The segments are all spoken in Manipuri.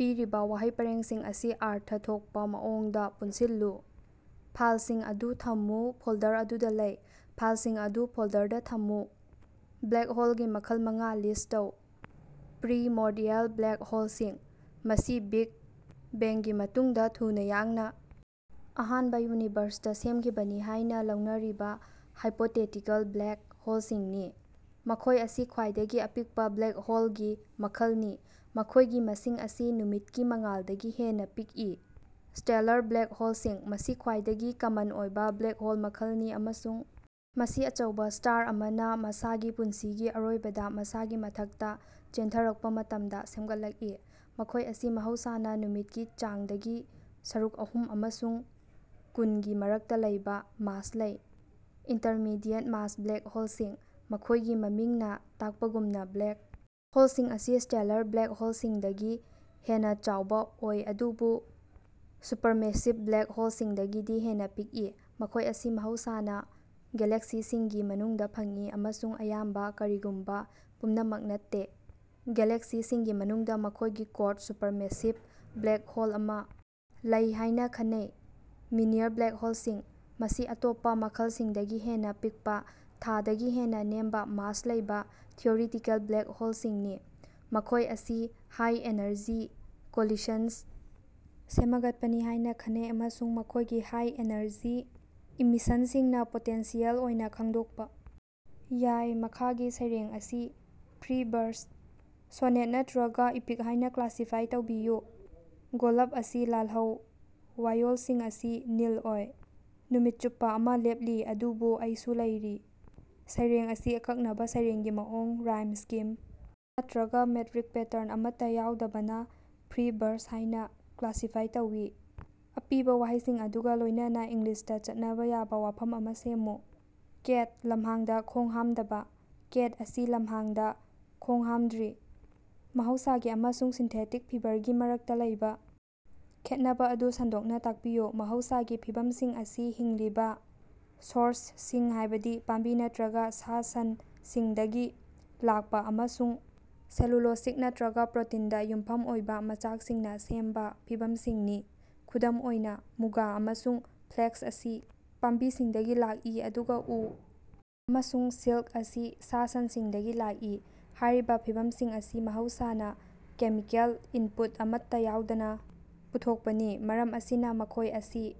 ꯄꯤꯔꯤꯕ ꯋꯥꯍꯩ ꯄꯔꯦꯡꯁꯤꯡ ꯑꯁꯤ ꯑꯔꯊ ꯊꯣꯛꯄ ꯃꯑꯣꯡꯗ ꯄꯨꯟꯁꯤꯜꯂꯨ꯫ ꯐꯥꯏꯜꯁꯤꯡ ꯑꯗꯨ ꯊꯝꯃꯨ ꯐꯣꯜꯗꯔ ꯑꯗꯨꯗ ꯂꯩ꯫ "ꯐꯥꯏꯜꯁꯤꯡ ꯑꯗꯨ ꯐꯣꯜꯗꯔꯗ ꯊꯝꯃꯨ꯫" ꯕ꯭ꯂꯦꯛ ꯍꯣꯜꯒꯤ ꯃꯈꯜ ꯃꯉꯥ ꯂꯤꯁ ꯇꯧ꯫ ꯄ꯭ꯔꯤꯃꯣꯔꯗꯤꯑꯦꯜ ꯕ꯭ꯂꯦꯛ ꯍꯣꯜꯁꯤꯡ: ꯃꯁꯤ ꯕꯤꯛ ꯕꯦꯡꯒꯤ ꯃꯇꯨꯡꯗ ꯊꯨꯅ ꯌꯥꯡꯅ ꯑꯍꯥꯟꯕ ꯌꯨꯅꯤꯚꯔꯁꯇ ꯁꯦꯝꯈꯤꯕꯅꯤ ꯍꯥꯏꯅ ꯂꯧꯅꯔꯤꯕ ꯍꯥꯏꯄꯣꯇꯦꯇꯤꯀꯜ ꯕ꯭ꯂꯦꯛ ꯍꯣꯜꯁꯤꯡꯅꯤ꯫ ꯃꯈꯣꯏ ꯑꯁꯤ ꯈ꯭ꯋꯥꯏꯗꯒꯤ ꯑꯄꯤꯛꯄ ꯕ꯭ꯂꯦꯛ ꯍꯣꯜꯒꯤ ꯃꯈꯜꯅꯤ, ꯃꯈꯣꯏꯒꯤ ꯃꯁꯤꯡ ꯑꯁꯤ ꯅꯨꯃꯤꯠꯀꯤ ꯃꯉꯥꯜꯗꯒꯤ ꯍꯦꯟꯅ ꯄꯤꯛꯏ꯫ ꯁ꯭ꯇꯦꯂꯔ ꯕ꯭ꯂꯦꯛ ꯍꯣꯜꯁꯤꯡ: ꯃꯁꯤ ꯈ꯭ꯋꯥꯏꯗꯒꯤ ꯀꯃꯟ ꯑꯣꯏꯕ ꯕ꯭ꯂꯦꯛ ꯍꯣꯜ ꯃꯈꯜꯅꯤ ꯑꯃꯁꯨꯡ ꯃꯁꯤ ꯑꯆꯧꯕ ꯁ꯭ꯇꯥꯔ ꯑꯃꯅ ꯃꯁꯥꯒꯤ ꯄꯨꯟꯁꯤꯒꯤ ꯑꯔꯣꯏꯕꯗ ꯃꯁꯥꯒꯤ ꯃꯊꯛꯇ ꯆꯦꯟꯊꯔꯛꯄ ꯃꯇꯝꯗ ꯁꯦꯝꯒꯠꯂꯛꯏ꯫ ꯃꯈꯣꯏ ꯑꯁꯤ ꯃꯍꯧꯁꯥꯅ ꯅꯨꯃꯤꯠꯀꯤ ꯆꯥꯡꯗꯒꯤ ꯁꯔꯨꯛ ꯑꯍꯨꯝ ꯑꯃꯁꯨꯡ ꯀꯨꯟ ꯒꯤ ꯃꯔꯛꯇ ꯂꯩꯕ ꯃꯥꯁ ꯂꯩ꯫ ꯏꯟꯇꯔꯃꯤꯗꯤꯌꯦꯠ-ꯃꯥꯁ ꯕ꯭ꯂꯦꯛ ꯍꯣꯜꯁꯤꯡ: ꯃꯈꯣꯏꯒꯤ ꯃꯃꯤꯡꯅ ꯇꯥꯛꯄꯒꯨꯝꯅ, ꯕ꯭ꯂꯦꯛ ꯍꯣꯜꯁꯤꯡ ꯑꯁꯤ ꯁ꯭ꯇꯦꯂꯔ ꯕ꯭ꯂꯦꯛ ꯍꯣꯜꯁꯤꯡꯗꯒꯤ ꯍꯦꯟꯅ ꯆꯥꯎꯕ ꯑꯣꯏ, ꯑꯗꯨꯕꯨ ꯁꯨꯄꯔꯃꯦꯁꯤꯚ ꯕ꯭ꯂꯦꯛ ꯍꯣꯜꯁꯤꯡꯗꯒꯤꯗꯤ ꯍꯦꯟꯅ ꯄꯤꯛꯏ꯫ ꯃꯈꯣꯏ ꯑꯁꯤ ꯃꯍꯧꯁꯥꯅ ꯒꯦꯂꯦꯛꯁꯤꯁꯤꯡꯒꯤ ꯃꯅꯨꯡꯗ ꯐꯪꯏ, ꯑꯃꯁꯨꯡ ꯑꯌꯥꯝꯕ, ꯀꯔꯤꯒꯨꯝꯕ ꯄꯨꯝꯅꯃꯛ ꯅꯠꯇꯦ, ꯒꯦꯂꯦꯛꯁꯤꯁꯤꯡꯒꯤ ꯃꯅꯨꯡꯗ ꯃꯈꯣꯏꯒꯤ ꯀꯣꯔꯗ ꯁꯨꯄꯔꯃꯦꯁꯤꯚ ꯕ꯭ꯂꯦꯛ ꯍꯣꯜ ꯑꯃ ꯂꯩ ꯍꯥꯏꯅ ꯈꯟꯅꯩ꯫ ꯃꯤꯅꯤꯌꯔ ꯕ꯭ꯂꯦꯛ ꯍꯣꯜꯁꯤꯡ: ꯃꯁꯤ ꯑꯇꯣꯞꯄ ꯃꯈꯜꯁꯤꯡꯗꯒꯤ ꯍꯦꯟꯅ ꯄꯤꯛꯄ, ꯊꯥꯗꯒꯤ ꯍꯦꯟꯅ ꯅꯦꯝꯕ ꯃꯥꯁ ꯂꯩꯕ ꯊꯤꯑꯣꯔꯤꯇꯤꯀꯦꯜ ꯕ꯭ꯂꯦꯛ ꯍꯣꯜꯁꯤꯡꯅꯤ꯫ ꯃꯈꯣꯏ ꯑꯁꯤ ꯍꯥꯏ-ꯑꯦꯅꯔꯖꯤ ꯀꯣꯂꯤꯁꯟꯁ ꯁꯦꯃꯒꯠꯄꯅꯤ ꯍꯥꯢꯅ ꯈꯟꯅꯩ ꯑꯃꯁꯨꯡ ꯃꯈꯣꯏꯒꯤ ꯍꯥꯏ-ꯑꯦꯅꯔꯖꯤ ꯏꯃꯤꯁꯟꯁꯤꯡꯅ ꯄꯣꯇꯦꯟꯁꯤꯑꯦꯜ ꯑꯣꯏꯅ ꯈꯪꯗꯣꯛꯄ ꯌꯥꯏ꯫ ꯃꯈꯥꯒꯤ ꯁꯩꯔꯦꯡ ꯑꯁꯤ ꯐ꯭ꯔꯤ ꯕꯔꯁ, ꯁꯣꯅꯦꯠ ꯅꯠꯇ꯭ꯔꯒ ꯏꯄꯤꯛ ꯍꯥꯏꯅ ꯀ꯭ꯂꯥꯁꯤꯐꯥꯏ ꯇꯧꯕꯤꯌꯨ꯫ ꯒꯣꯂꯞ ꯑꯁꯤ ꯂꯥꯜꯍꯧ, ꯋꯥꯏꯌꯣꯜꯁꯤꯡ ꯑꯁꯤ ꯅꯤꯜ ꯑꯣꯏ꯫ ꯅꯨꯃꯤꯠ ꯆꯨꯞꯄ ꯑꯃ ꯂꯦꯞꯂꯤ, ꯑꯗꯨꯕꯨ ꯑꯩꯁꯨ ꯂꯩꯔꯤ꯫ ꯁꯩꯔꯦꯡ ꯑꯁꯤ ꯑꯀꯛꯅꯕ ꯁꯩꯔꯦꯡꯒꯤ ꯃꯑꯣꯡ, ꯔꯥꯏꯝ ꯁ꯭ꯀꯤꯝ ꯅꯠꯇ꯭ꯔꯒ ꯃꯦꯠꯔꯤꯛ ꯄꯦꯇꯔꯟ ꯑꯃꯠꯇ ꯌꯥꯎꯗꯕꯅ ꯐ꯭ꯔꯤ ꯕꯔꯁ ꯍꯥꯏꯅ ꯀ꯭ꯂꯥꯁꯤꯐꯥꯏ ꯇꯧꯏ꯫ ꯑꯄꯤꯕ ꯋꯥꯍꯩꯁꯤꯡ ꯑꯗꯨꯒ ꯂꯣꯏꯅꯅ ꯏꯪꯂꯤꯁꯇ ꯆꯠꯅꯕ ꯌꯥꯕ ꯋꯥꯐꯝ ꯑꯃ ꯁꯦꯝꯃꯨ꯫ ꯀꯦꯠ, ꯂꯝꯍꯥꯡꯗ ꯈꯣꯡꯍꯥꯝꯗꯕ꯫ ꯀꯦꯠ ꯑꯁꯤ ꯂꯝꯍꯥꯡꯗꯥ ꯈꯣꯡꯍꯥꯝꯗ꯭ꯔꯤ꯫ ꯃꯍꯧꯁꯥꯒꯤ ꯑꯃꯁꯨꯡ ꯁꯤꯟꯊꯦꯇꯤꯛ ꯐꯤꯕꯔꯒꯤ ꯃꯔꯛꯇ ꯂꯩꯕ ꯈꯦꯠꯅꯕ ꯑꯗꯨ ꯁꯟꯗꯣꯛꯅ ꯇꯥꯛꯄꯤꯌꯨ꯫ ꯃꯍꯧꯁꯥꯒꯤ ꯐꯤꯕꯝꯁꯤꯡ ꯑꯁꯤ ꯍꯤꯡꯂꯤꯕ ꯁꯣꯔꯁꯁꯤꯡ, ꯍꯥꯏꯕꯗꯤ ꯄꯥꯝꯕꯤ ꯅꯠꯇ꯭ꯔꯒ ꯁꯥ-ꯁꯟꯁꯤꯡꯗꯒꯤ ꯂꯥꯛꯄ ꯑꯃꯁꯨꯡ ꯁꯦꯂꯨꯂꯣꯁꯤꯛ ꯅꯠꯇ꯭ꯔꯒ ꯄ꯭ꯔꯣꯇꯤꯟꯗ ꯌꯨꯝꯐꯝ ꯑꯣꯏꯕ ꯃꯆꯥꯛꯁꯤꯡꯅ ꯁꯦꯝꯕ ꯐꯤꯕꯝꯁꯤꯡꯅꯤ꯫ ꯈꯨꯗꯝ ꯑꯣꯏꯅ, ꯃꯨꯒꯥ ꯑꯃꯁꯨꯡ ꯐ꯭ꯂꯦꯛꯁ ꯑꯁꯤ ꯄꯥꯝꯕꯤꯁꯤꯡꯗꯒꯤ ꯂꯥꯛꯏ ꯑꯗꯨꯒ ꯎ ꯑꯃꯁꯨꯡ ꯁꯤꯜꯛ ꯑꯁꯤ ꯁꯥ-ꯁꯟꯁꯤꯡꯗꯒꯤ ꯂꯥꯛꯏ꯫ ꯍꯥꯏꯔꯤꯕ ꯐꯤꯕꯝꯁꯤꯡ ꯑꯁꯤ ꯃꯍꯧꯁꯥꯅ ꯀꯦꯃꯤꯀꯦꯜ ꯏꯟꯄꯨꯠ ꯑꯃꯠꯇ ꯌꯥꯎꯗꯅ ꯄꯨꯊꯣꯛꯄꯅꯤ, ꯃꯔꯝ ꯑꯁꯤꯅ ꯃꯈꯣꯏ ꯑꯁꯤ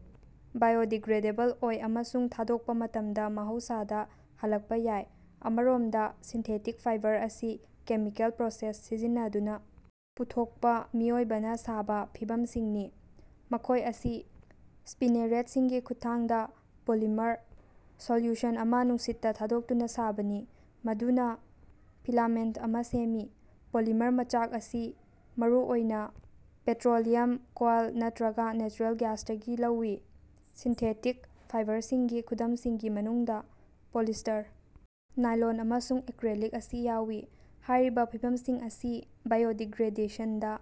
ꯕꯥꯏꯑꯣꯗꯤꯒ꯭ꯔꯦꯗꯦꯕꯜ ꯑꯣꯏ ꯑꯃꯁꯨꯡ ꯊꯥꯗꯣꯛꯄ ꯃꯇꯝꯗ ꯃꯍꯧꯁꯥꯗ ꯍꯜꯂꯛꯄ ꯌꯥꯏ꯫ ꯑꯃꯔꯣꯝꯗ, ꯁꯤꯟꯊꯦꯇꯤꯛ ꯐꯥꯏꯕꯔ ꯑꯁꯤ ꯀꯦꯃꯤꯀꯦꯜ ꯄ꯭ꯔꯣꯁꯦꯁ ꯁꯤꯖꯤꯟꯅꯗꯨꯅ ꯄꯨꯊꯣꯛꯄ ꯃꯤꯑꯣꯏꯕꯅ ꯁꯥꯕ ꯐꯤꯕꯝꯁꯤꯡꯅꯤ꯫ ꯃꯈꯣꯏ ꯑꯁꯤ ꯁ꯭ꯄꯤꯅꯦꯔꯦꯠꯁꯤꯡꯒꯤ ꯈꯨꯠꯊꯥꯡꯗ ꯄꯣꯂꯤꯃꯔ ꯁꯣꯜꯌꯨꯁꯟ ꯑꯃ ꯅꯨꯡꯁꯤꯠꯇ ꯊꯥꯗꯣꯛꯇꯨꯅ ꯁꯥꯕꯅꯤ, ꯃꯗꯨꯅ ꯐꯤꯂꯥꯃꯦꯟꯠ ꯑꯃꯥ ꯁꯦꯝꯃꯤ꯫ ꯄꯣꯂꯤꯃꯔ ꯃꯆꯥꯛ ꯑꯁꯤ ꯃꯔꯨꯑꯣꯏꯅ ꯄꯦꯇ꯭ꯔꯣꯂꯤꯌꯝ, ꯀꯣꯏꯂ ꯅꯠꯇ꯭ꯔꯒ ꯅꯦꯆꯔꯦꯜ ꯒ꯭ꯌꯥꯁꯇꯒꯤ ꯂꯧꯏ꯫ ꯁꯤꯟꯊꯦꯇꯤꯛ ꯐꯥꯏꯕꯔꯁꯤꯡꯒꯤ ꯈꯨꯗꯝꯁꯤꯡꯒꯤ ꯃꯅꯨꯡꯗ ꯄꯣꯂꯤꯁ꯭ꯇꯔ, ꯅꯥꯏꯂꯣꯟ ꯑꯃꯁꯨꯡ ꯑꯦꯀ꯭ꯔꯦꯂꯤꯛ ꯑꯁꯤ ꯌꯥꯎꯏ꯫ ꯍꯥꯏꯔꯤꯕ ꯐꯤꯕꯝꯁꯤꯡ ꯑꯁꯤ ꯕꯥꯏꯑꯣꯗꯤꯒ꯭ꯔꯦꯗꯦꯁꯟꯗ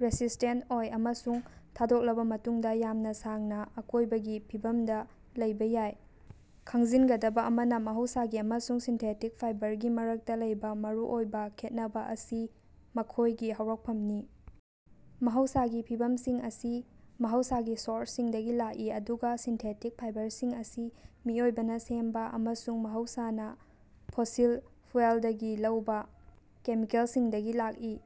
ꯔꯦꯁꯤꯁꯇꯦꯟꯠ ꯑꯣꯏ ꯑꯃꯁꯨꯡ ꯊꯥꯗꯣꯛꯂꯕ ꯃꯇꯨꯡꯗ ꯌꯥꯝꯅ ꯁꯥꯡꯅ ꯑꯀꯣꯏꯕꯒꯤ ꯐꯤꯕꯝꯗ ꯂꯩꯕ ꯌꯥꯏ꯫ ꯈꯪꯖꯤꯟꯒꯗꯕ ꯑꯃꯅ, ꯃꯍꯧꯁꯥꯒꯤ ꯑꯃꯁꯨꯡ ꯁꯤꯟꯊꯦꯇꯤꯛ ꯐꯥꯏꯕꯔꯒꯤ ꯃꯔꯛꯇ ꯂꯩꯕ ꯃꯔꯨꯑꯣꯏꯕ ꯈꯦꯠꯅꯕ ꯑꯁꯤ ꯃꯈꯣꯏꯒꯤ ꯍꯧꯔꯛꯐꯝꯅꯤ꯫ ꯃꯍꯧꯁꯥꯒꯤ ꯐꯤꯕꯝꯁꯤꯡ ꯑꯁꯤ ꯃꯍꯧꯁꯥꯒꯤ ꯁꯣꯔꯁꯁꯤꯡꯗꯒꯤ ꯂꯥꯛꯏ ꯑꯗꯨꯒ ꯁꯤꯟꯊꯦꯇꯤꯛ ꯐꯥꯏꯕꯔꯁꯤꯡ ꯑꯁꯤ ꯃꯤꯑꯣꯏꯕꯅ ꯁꯦꯝꯕ ꯑꯃꯁꯨꯡ ꯃꯍꯧꯁꯥꯅ ꯐꯣꯁꯤꯜ ꯐ꯭ꯌꯨꯑꯦꯜꯗꯒꯤ ꯂꯧꯕ ꯀꯦꯃꯤꯀꯦꯜꯁꯤꯡꯗꯒꯤ ꯂꯥꯛꯏ꯫